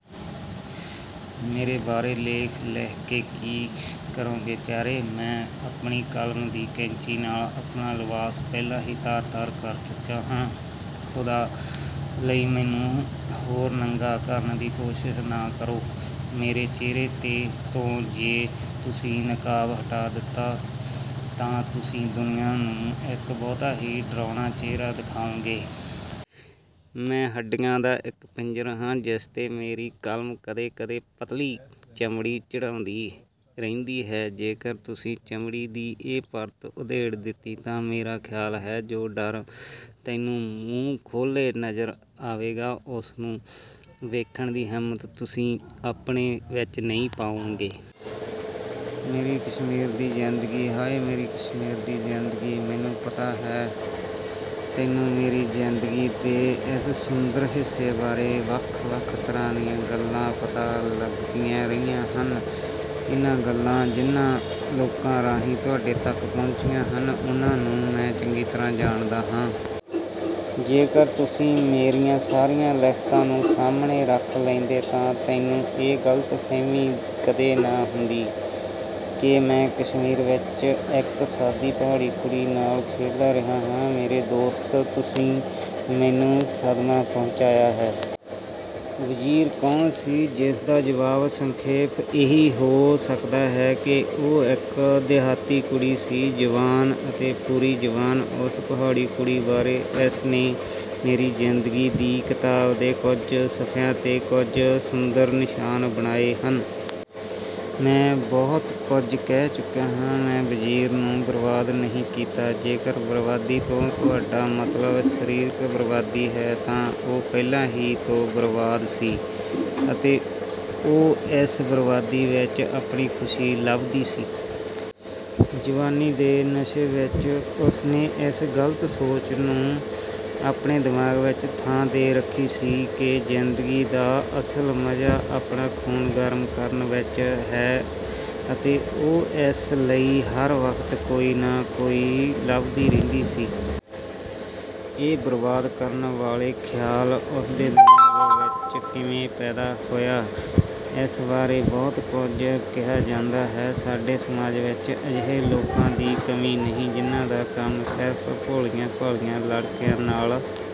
ਮੇਰੇ ਬਾਰੇ ਲੇਖ ਲਿਖ ਕੇ ਕੀ ਕਰੋਗੇ ਪਿਆਰੇ! ਮੈਂ ਆਪਣੀ ਕਲਮ ਦੀ ਕੈਂਚੀ ਨਾਲ਼ ਆਪਣਾ ਲਿਬਾਸ ਪਹਿਲਾਂ ਹੀ ਤਾਰ-ਤਾਰ ਕਰ ਚੁੱਕਿਆ ਹਾਂ। ਖ਼ੁਦਾ ਲਈ ਮੈਨੂੰ ਹੋਰ ਨੰਗਾ ਕਰਨ ਦੀ ਕੋਸ਼ਿਸ਼ ਨਾ ਕਰੋ। ਮੇਰੇ ਚਿਹਰੇ ਤੋਂ ਜੇਕਰ ਤੁਸੀਂ ਨਕਾਬ ਹਟਾ ਦਿੱਤਾ ਤਾਂ ਤੁਸੀਂ ਦੁਨੀਆ ਨੂੰ ਇੱਕ ਬਹੁਤਾ ਹੀ ਡਰਾਉਣਾ ਚਿਹਰਾ ਦਿਖਾਓਗੇ। ਮੈਂ ਹੱਡੀਆਂ ਦਾ ਇੱਕ ਪਿੰਜਰ ਹਾਂ ਜਿਸ ਤੇ ਮੇਰੀ ਕਲਮ ਕਦੇ-ਕਦੇ ਪਤਲੀ ਚਮੜੀ ਚੜ੍ਹਾਉਂਦੀ ਰਹਿੰਦੀ ਹੈ। ਜੇਕਰ ਤੁਸੀਂ ਚਮੜੀ ਦੀ ਇਹ ਪਰਤ ਉਧੇੜ ਦਿੱਤੀ ਤਾਂ ਮੇਰਾ ਖ਼ਿਆਲ ਹੈ ਜੋ ਡਰ ਤੈਨੂੰ ਮੂੰਹ ਖੋਲ੍ਹੇ ਨਜ਼ਰ ਆਵੇਗਾ, ਉਸਨੂੰ ਦੇਖਣ ਦੀ ਹਿੰਮਤ ਤੁਸੀਂ ਆਪਣੇ ਵਿੱਚ ਨਹੀਂ ਪਾਓਗੇ। ਮੇਰੀ ਕਸ਼ਮੀਰ ਦੀ ਜ਼ਿੰਦਗੀ, ਹਾਏ ਮੇਰੀ ਕਸ਼ਮੀਰ ਦੀ ਜ਼ਿੰਦਗੀ! ਮੈਨੂੰ ਪਤਾ ਹੈ ਤੈਨੂੰ ਮੇਰੀ ਜ਼ਿੰਦਗੀ ਦੇ ਇਸ ਸੁੰਦਰ ਹਿੱਸੇ ਬਾਰੇ ਵੱਖ-ਵੱਖ ਤਰ੍ਹਾਂ ਦੀਆਂ ਗੱਲਾਂ ਪਤਾ ਲੱਗਦੀਆਂ ਰਹੀਆਂ ਹਨ। ਇਹ ਗੱਲਾਂ ਜਿਨ੍ਹਾਂ ਲੋਕਾਂ ਰਾਹੀਂ ਤੁਹਾਡੇ ਤੱਕ ਪਹੁੰਚੀਆਂ ਹਨ, ਉਨ੍ਹਾਂ ਨੂੰ ਮੈਂ ਚੰਗੀ ਤਰ੍ਹਾਂ ਜਾਣਦਾ ਹਾਂ। ਜੇਕਰ ਤੁਸੀਂ ਮੇਰੀਆਂ ਸਾਰੀਆਂ ਲਿਖਤਾਂ ਨੂੰ ਸਾਹਮਣੇ ਰੱਖ ਲੈਂਦੇ ਤਾਂ ਤੈਨੂੰ ਇਹ ਗਲਤਫਹਿਮੀ ਕਦੇ ਨਾ ਹੁੰਦੀ ਕਿ ਮੈਂ ਕਸ਼ਮੀਰ ਵਿੱਚ ਇੱਕ ਸਾਦੀ ਪਹਾੜੀ ਕੁੜੀ ਨਾਲ਼ ਖੇਡਦਾ ਰਿਹਾ ਹਾਂ। ਮੇਰੇ ਦੋਸਤ ਤੁਸੀਂ ਮੈਨੂੰ ਸਦਮਾ ਪਹੁੰਚਾਇਆ ਹੈ। ਵਜ਼ੀਰ ਕੌਣ ਸੀ? ਇਸਦਾ ਜਵਾਬ ਸੰਖੇਪ ਇਹੀ ਹੋ ਸਕਦਾ ਹੈ ਕਿ ਉਹ ਇੱਕ ਦਿਹਾਤੀ ਕੁੜੀ ਸੀ। ਜਵਾਨ ਅਤੇ ਪੂਰੀ ਜਵਾਨ! ਉਸ ਪਹਾੜੀ ਕੁੜੀ ਬਾਰੇ ਜਿਸ ਨੇ ਮੇਰੀ ਜ਼ਿੰਦਗੀ ਦੀ ਕਿਤਾਬ ਦੇ ਕੁੱਝ ਸਫਿਆਂ ਤੇ ਕੁਝ ਸੁੰਦਰ ਨਿਸ਼ਾਨ ਬਣਾਏ ਹਨ। ਮੈਂ ਬਹੁਤ ਕੁੱਝ ਕਹਿ ਚੁੱਕਿਆ ਹਾਂ। ਮੈਂ ਵਜ਼ੀਰ ਨੂੰ ਬਰਬਾਦ ਨਹੀਂ ਕੀਤਾ। ਜੇਕਰ 'ਬਰਬਾਦੀ' ਤੋਂ ਤੁਹਾਡਾ ਮਤਲਬ 'ਸਰੀਰਕ ਬਰਬਾਦੀ' ਹੈ ਤਾਂ ਉਹ ਪਹਿਲਾਂ ਹੀ ਤੋਂ ਬਰਬਾਦ ਸੀ, ਅਤੇ ਉਹ ਇਸ ਬਰਬਾਦੀ ਵਿੱਚ ਆਪਣੀ ਖ਼ੁਸ਼ੀ ਲੱਭਦੀ ਸੀ। ਜਵਾਨੀ ਦੇ ਨਸ਼ੇ ਵਿੱਚ ਉਸਨੇ ਇਸ ਗ਼ਲਤ ਸੋਚ ਨੂੰ ਆਪਣੇ ਦਿਮਾਗ਼ ਵਿੱਚ ਥਾਂ ਦੇ ਰੱਖੀ ਸੀ ਕਿ ਜ਼ਿੰਦਗੀ ਦਾ ਅਸਲ ਮਜ਼ਾ ਆਪਣਾ ਖ਼ੂਨ ਗਰਮ ਕਰਨ ਵਿੱਚ ਹੈ, ਅਤੇ ਉਹ ਇਸ ਲਈ ਹਰ ਵਕਤ ਕੋਈ ਨਾ ਕੋਈ ਲੱਭਦੀ ਰਹਿੰਦੀ ਸੀ। ਇਹ ਬਰਬਾਦ ਕਰਨ ਵਾਲੇ ਖਿਆਲ ਉਸਦੇ ਦਿਮਾਗ਼ ਵਿੱਚ ਕਿਵੇਂ ਪੈਦਾ ਹੋਇਆ, ਇਸ ਬਾਰੇ ਬਹੁਤ ਕੁੱਝ ਕਿਹਾ ਜਾਂਦਾ ਹੈ। ਸਾਡੇ ਸਮਾਜ ਵਿੱਚ ਅਜਿਹੇ ਲੋਕਾਂ ਦੀ ਕਮੀ ਨਹੀਂ ਜਿਨ੍ਹਾਂ ਦਾ ਕੰਮ ਸਿਰਫ ਭੋਲੀਆਂ-ਭਾਲੀਆਂ ਲੜਕੀਆਂ ਨਾਲ